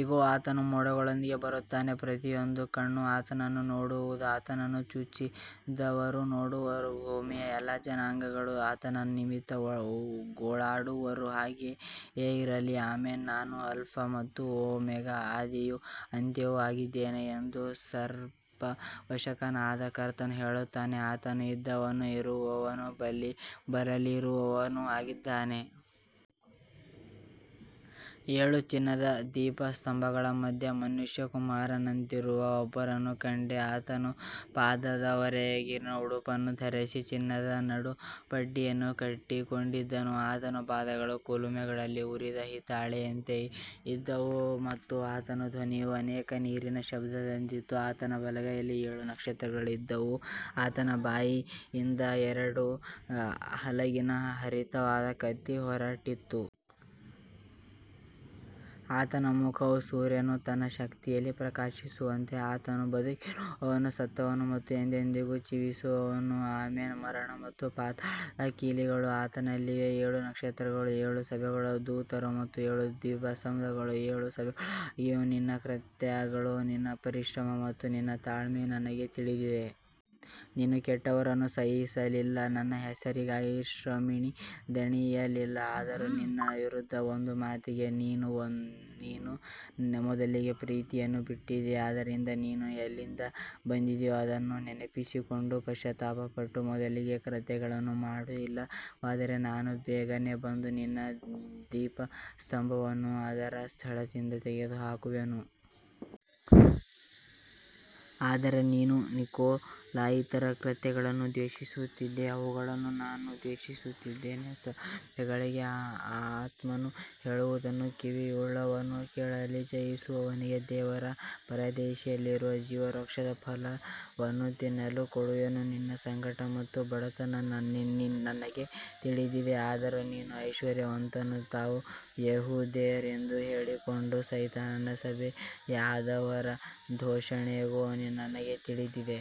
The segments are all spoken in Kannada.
ಇಗೋ, ಆತನು ಮೋಡಗಳೊಂದಿಗೆ ಬರುತ್ತಾನೆ. ಪ್ರತಿಯೊಂದು ಕಣ್ಣೂ ಆತನನ್ನು ನೋಡುವುದು, ಆತನನ್ನು ಚುಚ್ಚಿದವರೂ ನೋಡುವರು. ಭೂಮಿಯ ಎಲ್ಲಾ ಜನಾಂಗಗಳು ಆತನ ನಿಮಿತ್ತ ಗೋಳಾಡುವರು. ಹಾಗೆಯೇ ಇರಲಿ. ಆಮೆನ್. ನಾನು ಆಲ್ಫಾ ಮತ್ತು ಒಮೆಗಾ, ಆದಿಯೂ ಅಂತ್ಯವೂ ಆಗಿದ್ದೇನೆ ಎಂದು ಸರ್ವಶಕ್ತನಾದ ಕರ್ತನು ಹೇಳುತ್ತಾನೆ. ಆತನು ಇದ್ದವನೂ ಇರುವವನೂ ಬರಲಿರುವವನೂ ಆಗಿದ್ದಾನೆ. ಏಳು ಚಿನ್ನದ ದೀಪಸ್ತಂಭಗಳ ಮಧ್ಯೆ ಮನುಷ್ಯಕುಮಾರನಂತಿರುವ ಒಬ್ಬನನ್ನು ಕಂಡೆ. ಆತನು ಪಾದದವರೆಗಿನ ಉಡುಪನ್ನು ಧರಿಸಿ ಚಿನ್ನದ ನಡುಪಟ್ಟಿಯನ್ನು ಕಟ್ಟಿಕೊಂಡಿದ್ದನು. ಆತನ ಪಾದಗಳು ಕುಲುಮೆಯಲ್ಲಿ ಉರಿದ ಹಿತ್ತಾಳೆಯಂತೆ ಇದ್ದವು ಮತ್ತು ಆತನ ಧ್ವನಿಯು ಅನೇಕ ನೀರಿನ ಶಬ್ದದಂತಿತ್ತು. ಆತನ ಬಲಗೈಯಲ್ಲಿ ಏಳು ನಕ್ಷತ್ರಗಳಿದ್ದವು. ಆತನ ಬಾಯಿಂದ ಎರಡು ಅಲಗಿನ ಹರಿತವಾದ ಕತ್ತಿ ಹೊರಟಿತು. ಆತನ ಮುಖವು ಸೂರ್ಯನು ತನ್ನ ಶಕ್ತಿಯಲ್ಲಿ ಪ್ರಕಾಶಿಸುವಂತಿತ್ತು. ಆತನು ಬದುಕಿರುವವನು, ಸತ್ತವನು ಮತ್ತು ಎಂದೆಂದಿಗೂ ಜೀವಿಸುವವನು. ಆಮೆನ್. ಮರಣ ಮತ್ತು ಪಾತಾಳದ ಕೀಲಿಗಳು ಆತನಲ್ಲಿವೆ. ಏಳು ನಕ್ಷತ್ರಗಳು ಏಳು ಸಭೆಗಳ ದೂತರು ಮತ್ತು ಏಳು ದೀಪಸ್ತಂಭಗಳು ಏಳು ಸಭೆಗಳಾಗಿವೆ. ನಿನ್ನ ಕೃತ್ಯಗಳು, ನಿನ್ನ ಪರಿಶ್ರಮ ಮತ್ತು ನಿನ್ನ ತಾಳ್ಮೆ ನನಗೆ ತಿಳಿದಿವೆ. ನೀನು ಕೆಟ್ಟವರನ್ನು ಸಹಿಸಲಿಲ್ಲ, ನನ್ನ ಹೆಸರಿಗಾಗಿ ಶ್ರಮಿಸಿ ದಣಿಯಲಿಲ್ಲ. ಆದರೂ ನಿನ್ನ ವಿರುದ್ಧ ಒಂದು ಮಾತಿದೆ, ನೀನು ನಿನ್ನ ಮೊದಲಿನ ಪ್ರೀತಿಯನ್ನು ಬಿಟ್ಟಿದ್ದೀ. ಆದ್ದರಿಂದ ನೀನು ಎಲ್ಲಿಂದ ಬಿದ್ದೆಯೋ ಅದನ್ನು ನೆನಪಿಸಿಕೊಂಡು ಪಶ್ಚಾತ್ತಾಪಪಟ್ಟು ಮೊದಲಿನ ಕೃತ್ಯಗಳನ್ನು ಮಾಡು. ಇಲ್ಲವಾದರೆ ನಾನು ಬೇಗನೆ ಬಂದು ನಿನ್ನ ದೀಪಸ್ತಂಭವನ್ನು ಅದರ ಸ್ಥಳದಿಂದ ತೆಗೆದುಹಾಕುವೆನು. ಆದರೆ ನೀನು ನಿಕೊಲಾಯಿತರ ಕೃತ್ಯಗಳನ್ನು ದ್ವೇಷಿಸುತ್ತೀಯೆ, ಅವುಗಳನ್ನು ನಾನೂ ದ್ವೇಷಿಸುತ್ತೇನೆ. ಸಭೆಗಳಿಗೆ ಆತ್ಮನು ಹೇಳುವುದನ್ನು ಕಿವಿಯುಳ್ಳವನು ಕೇಳಲಿ. ಜಯಿಸುವವನಿಗೆ ದೇವರ ಪರದೈಸಿನಲ್ಲಿರುವ ಜೀವವೃಕ್ಷದ ಫಲವನ್ನು ತಿನ್ನಲು ಕೊಡುವೆನು. ನಿನ್ನ ಸಂಕಟ ಮತ್ತು ಬಡತನ ನನಗೆ ತಿಳಿದಿವೆ, ಆದರೂ ನೀನು ಐಶ್ವರ್ಯವಂತನು. ತಾವು ಯೆಹೂದ್ಯರೆಂದು ಹೇಳಿಕೊಂಡು ಸೈತಾನನ ಸಭೆಯಾದವರ ದೂಷಣೆಯೂ ನನಗೆ ತಿಳಿದಿದೆ.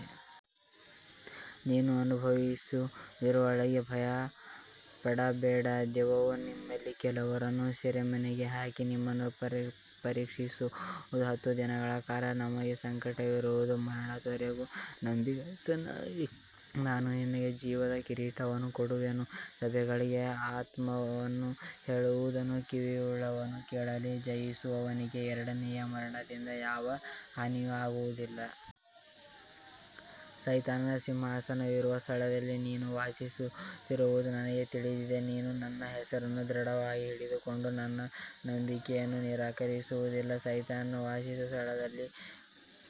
ನೀನು ಅನುಭವಿಸಲಿರುವವುಗಳಿಗೆ ಭಯಪಡಬೇಡ. ದೆವ್ವವು ನಿಮ್ಮಲ್ಲಿ ಕೆಲವರನ್ನು ಸೆರೆಮನೆಗೆ ಹಾಕಿ ನಿಮ್ಮನ್ನು ಪರೀಕ್ಷಿಸುವುದು. ಹತ್ತು ದಿನಗಳ ಕಾಲ ನಿಮಗೆ ಸಂಕಟವಿರುವುದು. ಮರಣದವರೆಗೂ ನಂಬಿಗಸ್ತನಾಗಿರು, ನಾನು ನಿನಗೆ ಜೀವದ ಕಿರೀಟವನ್ನು ಕೊಡುವೆನು. ಸಭೆಗಳಿಗೆ ಆತ್ಮನು ಹೇಳುವುದನ್ನು ಕಿವಿಯುಳ್ಳವನು ಕೇಳಲಿ. ಜಯಿಸುವವನಿಗೆ ಎರಡನೆಯ ಮರಣದಿಂದ ಯಾವ ಹಾನಿಯೂ ಆಗುವುದಿಲ್ಲ. ಸೈತಾನನ ಸಿಂಹಾಸನವಿರುವ ಸ್ಥಳದಲ್ಲಿ ನೀನು ವಾಸಿಸುತ್ತಿರುವುದು ನನಗೆ ತಿಳಿದಿದೆ. ನೀನು ನನ್ನ ಹೆಸರನ್ನು ದೃಢವಾಗಿ ಹಿಡಿದುಕೊಂಡು ನನ್ನ ನಂಬಿಕೆಯನ್ನು ನಿರಾಕರಿಸಲಿಲ್ಲ. ಸೈತಾನನು ವಾಸಿಸುವ ಸ್ಥಳದಲ್ಲಿ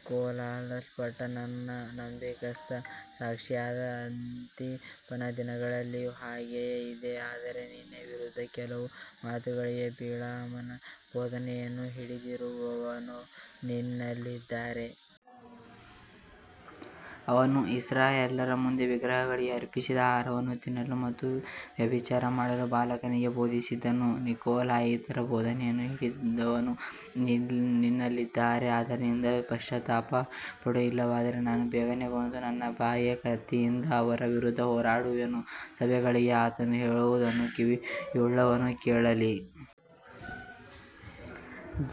ಕೊಲ್ಲಲ್ಪಟ್ಟ ನನ್ನ ನಂಬಿಗಸ್ತ ಸಾಕ್ಷಿಯಾದ ಅಂತಿಪನ ದಿನಗಳಲ್ಲಿಯೂ ಹಾಗೆಯೇ ಇದ್ದೆ. ಆದರೆ ನಿನ್ನ ವಿರುದ್ಧ ಕೆಲವು ಮಾತುಗಳಿವೆ. ಬಿಳಾಮನ ಬೋಧನೆಯನ್ನು ಹಿಡಿದಿರುವವರು ನಿನ್ನಲ್ಲಿದ್ದಾರೆ. ಅವನು ಇಸ್ರಾಯೇಲ್ಯರ ಮುಂದೆ ವಿಗ್ರಹಗಳಿಗೆ ಅರ್ಪಿಸಿದ ಆಹಾರವನ್ನು ತಿನ್ನಲು ಮತ್ತು ವ್ಯಭಿಚಾರ ಮಾಡಲು ಬಾಲಾಕನಿಗೆ ಬೋಧಿಸಿದನು. ನಿಕೊಲಾಯಿತರ ಬೋಧನೆಯನ್ನು ಹಿಡಿದವರೂ ನಿನ್ನಲ್ಲಿದ್ದಾರೆ. ಆದ್ದರಿಂದ ಪಶ್ಚಾತ್ತಾಪಪಡು. ಇಲ್ಲವಾದರೆ ನಾನು ಬೇಗನೆ ಬಂದು ನನ್ನ ಬಾಯಿಯ ಕತ್ತಿಯಿಂದ ಅವರ ವಿರುದ್ಧ ಹೋರಾಡುವೆನು. ಸಭೆಗಳಿಗೆ ಆತ್ಮನು ಹೇಳುವುದನ್ನು ಕಿವಿಯುಳ್ಳವನು ಕೇಳಲಿ.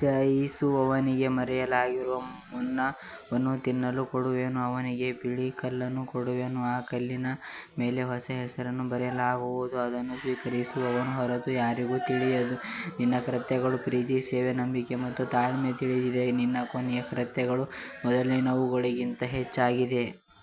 ಜಯಿಸುವವನಿಗೆ ಮರೆಯಾಗಿರುವ ಮನ್ನವನ್ನು ತಿನ್ನಲು ಕೊಡುವೆನು. ಅವನಿಗೆ ಬಿಳಿ ಕಲ್ಲನ್ನೂ ಕೊಡುವೆನು. ಆ ಕಲ್ಲಿನ ಮೇಲೆ ಹೊಸ ಹೆಸರನ್ನು ಬರೆಯಲಾಗುವುದು, ಅದನ್ನು ಸ್ವೀಕರಿಸುವವನ ಹೊರತು ಯಾರಿಗೂ ತಿಳಿಯದು. ನಿನ್ನ ಕೃತ್ಯಗಳು, ಪ್ರೀತಿ, ಸೇವೆ, ನಂಬಿಕೆ ಮತ್ತು ತಾಳ್ಮೆ ನನಗೆ ತಿಳಿದಿವೆ. ನಿನ್ನ ಕೊನೆಯ ಕೃತ್ಯಗಳು ಮೊದಲಿನವುಗಳಿಗಿಂತ ಹೆಚ್ಚಾಗಿವೆ.